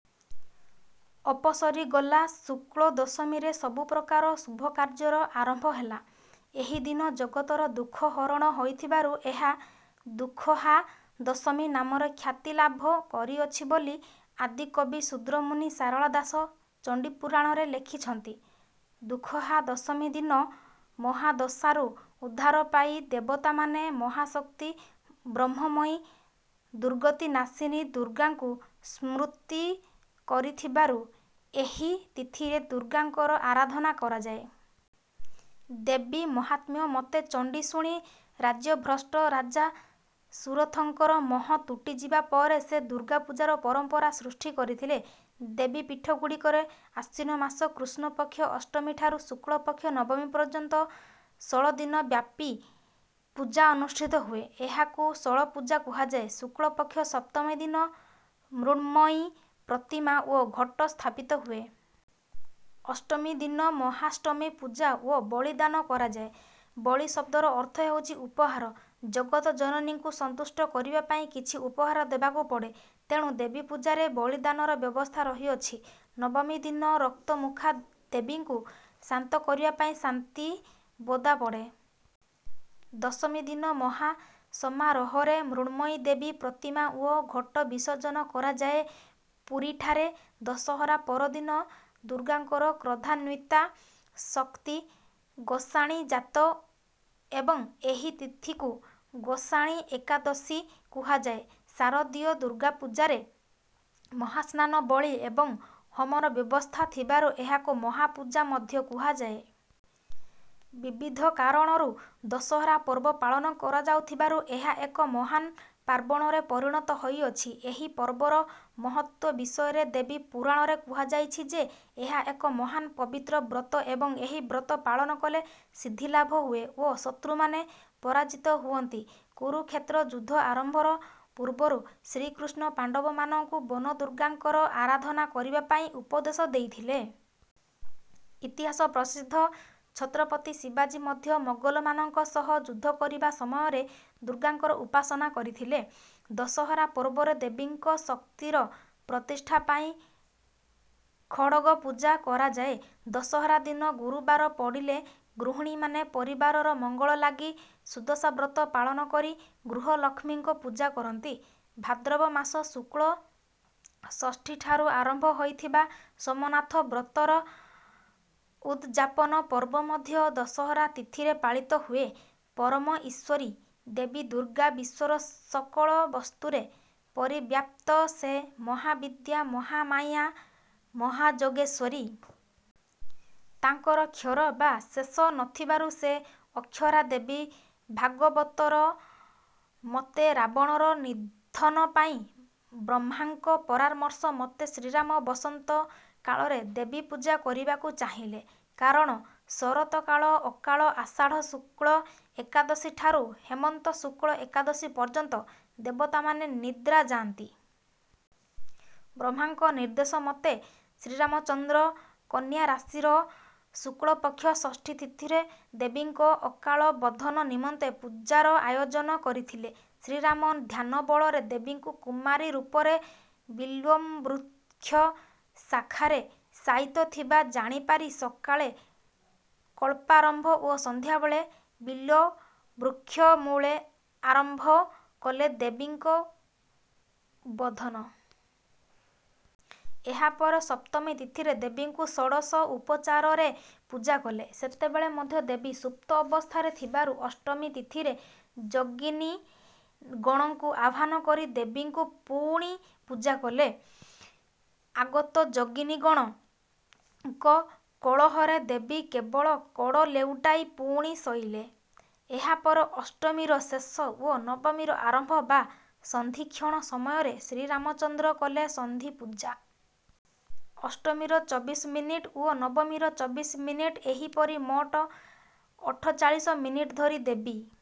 ଅପସରି ଗଲା ଶୁକ୍ଳ ଦଶମୀରେ ସବୁପ୍ରକାର ଶୁଭକାର୍ଯ୍ୟର ଆରମ୍ଭ ହେଲା। ଏହିଦିନ ଜଗତର ଦୁଃଖ ହରଣ ହୋଇଥିବାରୁ ଏହା ଦୁଃଖହା ଦଶମୀ ନାମରେ ଖ୍ୟାତି ଲାଭ କରିଅଛି ବୋଲି ଆଦିକବି ଶୂଦ୍ରମୁନି ସାରଳା ଦାସ ଚଣ୍ଡୀପୁରାଣରେ ଲେଖିଛନ୍ତି। ଦୁଃଖହା ଦଶମୀ ଦିନ ମହାଦଶାରୁ ଉଦ୍ଧାର ପାଇ ଦେବତାମାନେ ମହାଶକ୍ତି ବ୍ରହ୍ମମୟୀ ଦୁର୍ଗତିନାଶିନୀ ଦୁର୍ଗାଙ୍କୁ ସ୍ତୁତି କରିଥିବାରୁ ଏହି ତିଥିରେ ଦୁର୍ଗାଙ୍କର ଆରାଧନା କରାଯାଏ। ଦେବୀ ମାହାତ୍ମ୍ୟ ମତେ ଚଣ୍ଡୀ ଶୁଣି ରାଜ୍ୟଭ୍ରଷ୍ଟ ରାଜା ସୁରଥଙ୍କର ମୋହ ତୁଟିଯିବା ପରେ ସେ ଦୁର୍ଗାପୂଜାର ପରମ୍ପରା ସୃଷ୍ଟି କରିଥିଲେ। ଦେବୀପୀଠଗୁଡ଼ିକରେ ଆଶ୍ୱିନ ମାସ କୃଷ୍ଣପକ୍ଷ ଅଷ୍ଟମୀଠାରୁ ଶୁକ୍ଳପକ୍ଷ ନବମୀ ପର୍ଯ୍ୟନ୍ତ ଷୋଳଦିନ ବ୍ୟାପୀ ପୂଜା ଅନୁଷ୍ଠିତ ହୁଏ। ଏହାକୁ ଷୋଳପୂଜା କୁହାଯାଏ। ଶୁକ୍ଳପକ୍ଷ ସପ୍ତମୀ ଦିନ ମୃଣ୍ମୟୀ ପ୍ରତିମା ଓ ଘଟ ସ୍ଥାପିତ ହୁଏ। ଅଷ୍ଟମୀଦିନ ମହାଷ୍ଟମୀ ପୂଜା ଓ ବଳିଦାନ କରାଯାଏ। ବଳି ଶବ୍ଦର ଅର୍ଥ ହେଉଛି ଉପହାର। ଜଗତଜନନୀଙ୍କୁ ସନ୍ତୁଷ୍ଟ କରିବା ପାଇଁ କିଛି ଉପହାର ଦେବାକୁ ପଡେ। ତେଣୁ ଦେବୀପୂଜାରେ ବଳିଦାନର ବ୍ୟବସ୍ଥା ରହିଅଛି ନବମୀ ଦିନ ରକ୍ତମୁଖା ଦେବୀଙ୍କୁ ଶାନ୍ତ କରିବା ପାଇଁ ଶାନ୍ତି ବୋଦା ପଡେ। ଦଶମୀ ଦିନ ମହା ସମାରୋହରେ ମୃଣ୍ମୟୀ ଦେବୀ ପ୍ରତିମା ଓ ଘଟ ବିସର୍ଜନ କରାଯାଏ ପୁରୀଠାରେ ଦଶହରା ପରଦିନ ଦୁର୍ଗାଙ୍କର କ୍ରୋଧାନ୍ୱିତା ଶକ୍ତି ଗୋସାଣୀ ଯାତ ଏବଂ ଏହି ତିଥିକୁ ଗୋସାଣୀ ଏକାଦଶୀ କୁହାଯାଏ ଶାରଦୀୟ ଦୁର୍ଗାପୂଜାରେ ମହାସ୍ନାନ ବଳି ଏବଂ ହୋମର ବ୍ୟବସ୍ଥା ଥିବାରୁ ଏହାକୁ ମହାପୂଜା ମଧ୍ୟ କୁହାଯାଏ। ବିବିଧ କାରଣରୁ ଦଶହରା ପର୍ବ ପାଳନ କରାଯାଉଥିବାରୁ ଏହା ଏକ ମହାନ ପାର୍ବଣରେ ପରିଣତ ହୋଇଅଛି। ଏହି ପର୍ବର ମହତ୍ତ୍ୱ ବିଷୟରେ ଦେବୀ ପୁରାଣରେ କୁହାଯାଇଛି ଯେ ଏହା ଏକ ମହାନ ପବିତ୍ର ବ୍ରତ ଏବଂ ଏହି ବ୍ରତ ପାଳନ କଲେ ସିଦ୍ଧି ଲାଭ ହୁଏ ଓ ଶତ୍ରୁମାନେ ପରାଜିତ ହୁଅନ୍ତି କୁରୁକ୍ଷେତ୍ର ଯୁଦ୍ଧ ଆରମ୍ଭର ପୂର୍ବରୁ ଶ୍ରୀକୃଷ୍ଣ ପାଣ୍ଡବମାନଙ୍କୁ ବନଦୁର୍ଗାଙ୍କର ଆରାଧନା କରିବା ପାଇଁ ଉପଦେଶ ଦେଇଥିଲେ। ଇତିହାସ ପ୍ରସିଦ୍ଧ ଛତ୍ରପତି ଶିବାଜୀ ମଧ୍ୟ ମୋଗଲମାନଙ୍କ ସହ ଯୁଦ୍ଧ କରିବା ସମୟରେ ଦୁର୍ଗାଙ୍କର ଉପାସନା କରିଥିଲେ ଦଶହରା ପର୍ବରେ ଦେବୀଙ୍କ ଶକ୍ତିର ପ୍ରତିଷ୍ଠା ପାଇଁ ଖଡ଼ଗ ପୂଜା କରାଯାଏ ଦଶହରା ଦିନ ଗୁରୁବାର ପଡ଼ିଲେ ଗୃହିଣୀମାନେ ପରିବାରର ମଙ୍ଗଳ ଲାଗି ସୁଦଶାବ୍ରତ ପାଳନ କରି ଗୃହଲକ୍ଷ୍ମୀଙ୍କ ପୂଜା କରନ୍ତି ଭାଦ୍ରବ ମାସ ଶୁକ୍ଳ ଷଷ୍ଠୀଠାରୁ ଆରମ୍ଭ ହୋଇଥିବା ସୋମନାଥ ବ୍ରତର ଉଦ୍ ଯାପନ ପର୍ବ ମଧ୍ୟ ଦଶହରା ତିଥିରେ ପାଳିତ ହୁଏ ପରମ ଈଶ୍ୱରୀ ଦେବୀ ଦୁର୍ଗା ବିଶ୍ୱର ସକଳ ବସ୍ତୁରେ ପରିବ୍ୟାପ୍ତ ସେ ମହାବିଦ୍ୟା ମହାମାୟା ମହାଯୋଗେଶ୍ୱରୀ। ତାଙ୍କର କ୍ଷର ବା ଶେଷ ନଥିବାରୁ ସେ ଅକ୍ଷରା ଦେବୀ ଭାଗବତର ମତେ ରାବଣର ନିଧନ ପାଇଁ ବ୍ରହ୍ମାଙ୍କ ପରାମର୍ଶ ମତେ ଶ୍ରୀରାମ ବସନ୍ତ କାଳରେ ଦେବୀପୂଜା କରିବାକୁ ଚାହିଁଲେ। କାରଣ ଶରତକାଳ ଅକାଳ ଆଷାଢ଼ ଶୁକ୍ଳ ଏକାଦଶୀ ଠାରୁ ହେମନ୍ତ ଶୁକ୍ଳ ଏକାଦଶୀ ପର୍ଯ୍ୟନ୍ତ ଦେବତାମାନେ ନିଦ୍ରା ଯାଆନ୍ତି। ବ୍ରହ୍ମାଙ୍କ ନିର୍ଦ୍ଦେଶ ମତେ ଶ୍ରୀରାମଚନ୍ଦ୍ର କନ୍ୟାରାଶିର ଶୁକ୍ଳପକ୍ଷ ଷଷ୍ଠୀ ତିଥିରେ ଦେବୀଙ୍କ ଅକାଳ ବୋଧନ ନିମନ୍ତେ ପୂଜାର ଆୟୋଜନ କରିଥିଲେ। ଶ୍ରୀରାମ ଧ୍ୟାନ ବଳରେ ଦେବୀ କୁମାରୀ ରୂପରେ ବିଲ୍ୱବୃକ୍ଷ ଶାଖାରେ ଶାୟିତ ଥିବା ଜାଣିପାରି ସକାଳେ କଳ୍ପାରମ୍ଭ ଓ ସନ୍ଧ୍ୟାବେଳେ ବିଲ୍ୱବୃକ୍ଷମୂଳେ ଆରମ୍ଭ କଲେ ଦେବୀଙ୍କ୍ ବଧନ। ଏହାପରେ ସପ୍ତମୀ ତିଥିରେ ଦେବୀଙ୍କୁ ଷୋଡ଼ଶ ଉପଚାରରେ ପୂଜା କଲେ। ସେତେବେଳେ ମଧ୍ୟ ଦେବୀ ସୁପ୍ତ ଅବସ୍ଥାରେ ଥିବାରୁ ଅଷ୍ଟମୀ ତିଥିରେ ଯୋଗିନୀଗଣଙ୍କୁ ଆହ୍ୱାନ କରି ଦେବୀଙ୍କୁ ପୁଣି ପୂଜା କଲେ। ଆଗତ ଯୋଗିନୀଗଣଙ୍କ କୋଳାହଳରେ ଦେବୀ କେବଳ କଡ଼ ଲେଉଟାଇ ପୁଣି ଶୋଇଲେ। ଏହା ପରେ ଅଷ୍ଟମୀର ଶେଷ ଓ ନବମୀର ଆରମ୍ଭ ବା ସନ୍ଧିକ୍ଷଣ ସମୟରେ ଶ୍ରୀରାମଚନ୍ଦ୍ର କଲେ ସନ୍ଧିପୂଜା। ଅଷ୍ଟମୀର ଚବିଶ ମିନଟ ଓ ନବମୀର ଚବିଶ ମିନଟ ଏହିପରି ମୋଟ ଅଠଚାଳିଶ ମିନଟ ଧରି ଦେବୀ